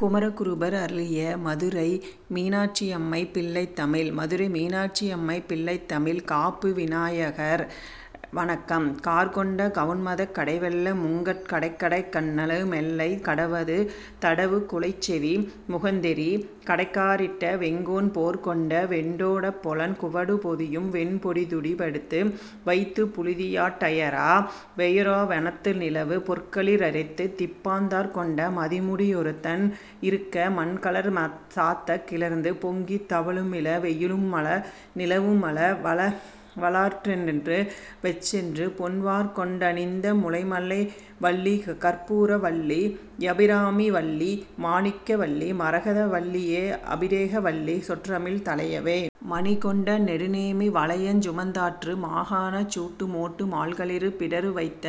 குமரகுருபரர் அருளிய மதுரை மீனாட்சியம்மை பிள்ளைத்தமிழ் மதுரை மீனாட்சியம்மை பிள்ளைத்தமிழ் காப்பு விநாயகர் வணக்கம் கார்கொண்ட கவுண்மதக் கடைவெள்ள முங்கட் கடைக்கடைக் கனலு மெல்லை கடவாது தடவுக் குழைச்செவி முகந்தெறி கடைக்கா றிட்ட வெங்கோன் போர்கொண்ட வெண்டோ ட்பொலன்குவடு பொதியும்வெண் பொடிதுடி யடித்து வைத்துப் புழுதியாட் டயராவொ ரயிராவ ணத்துலவு பொற்களிற் றைத்து திப்பாந் தார்கொண்ட மதிமுடி யொருத்தன் றிருக்கண்மலர் சாத்தக் கிளர்ந்து பொங்கித் தவழுமிள வெயிலுமழ நிலவுமள வளவலாற் றண்ணென்று வெச்சென்று பொன் வார்கொண்ட டணிந்தமுலை மலைவல்லி கர்ப்பூர வல்லியபி ராம வல்லி மாணிக்க வல்லிமர கதவல்லி யபிடேக வல்லி சொற் றமிழ் தழையவே. மணிகொண்ட நெடுநேமி வலயஞ் சுமந்தாற்று மாகணச் சூட்டு மோட்டு மால்களிறு பிடர்வைத்த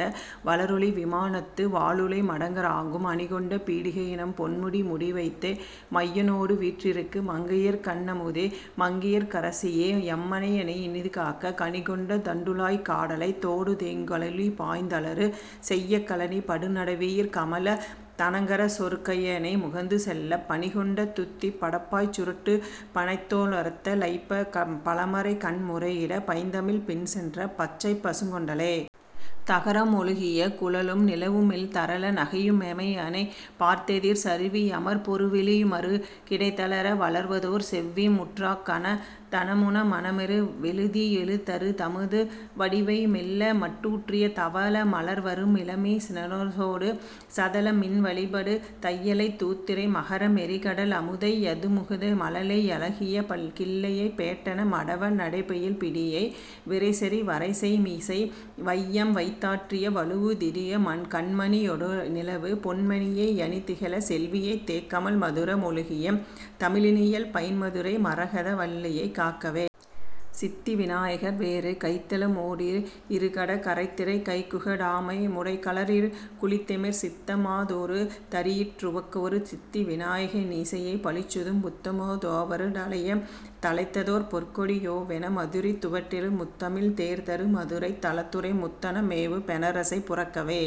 வளரொளி விமானத்து வாலுளை மடங்க றாங்கும் அணிகொண்ட பீடிகையி னம்பொன்முடி முடிவைத்தே மையனொடு வீற்றி ருக்கு மங்கயற் கண்ணமுதை மங்கையர்க் கரசியையெ மம்மனையை யினிது காக்க கணிகொண்ட தண்டுழாய்க் காடலைத் தோடுதேங் கழலுழிபாய்ந் தளறு செய்யக் கழனிபடு நடவையிற் கமலத் தணங்கரசொர் கையணை முகந்து செல்லப் பணிகொண்ட துத்திப் படப்பாய்ச் சுருட்டுப் பணைத்தோ ளெருத்த லைப்பப் பழமறைகண் முறையிடப் பைந்தமிழ்ப் பின்சென்ற பச்சைப் பசுங் கொண்டலே. தகரமொழுகிய குழலு நிலவுமிழ் தரள நகையுமெ மையனைப் பார்த்தெதிர் சருவி யமர்பொரு விழியு மறுகிடை தளர வளர்வதொர் செவ்விமுற் றாக்கன தனமு மனனுற வெழுதி யெழுதரு தமது வடிவையு மெள்ளிமட் டூற்றிய தவள மலர்வரு மிளமி னொடுசத தளமின் வழிபடு தையலைத் தூத்திரை மகர மெறிகட லமுதை யமுதுகு மழலை பழகிய கிள்ளையைப் பேட்டன மடவ நடைபயில் பிடியை விரைசெறி வரைசெய் புயமிசை வையம் வைத்தாற்றிய வழுதியுடைய கண் மணியொ டுலவு பெண் மணியை யணிதிகழ் செல்வியைத் தேக்கமழ் மதுர மொழுகிய தமிழி னியல்பயின் மதுரை மரகத வல்லியைக் காக்கவே. சித்தி வினாயகர் வேறு கைத்தல மோடிஇரு கரடக் கரைத்திரை கைக்குக டாமுடைக் கடலிற் குளித்தெமர் சித்தம தாமொரு தறியிற் றுவக்குறு சித்திவி நாயக னிசையைப் பழிச்சுதும் புத்தமு தோவரு டழையத் தழைத்ததொர் பொற்கோடி யோவென மதுரித் துவட்டெழு முத்தமிழ் தேர்தரு மதுரைத் தலத்துறை முத்தன மேவுபெ ணரசைப் புரக்கவே.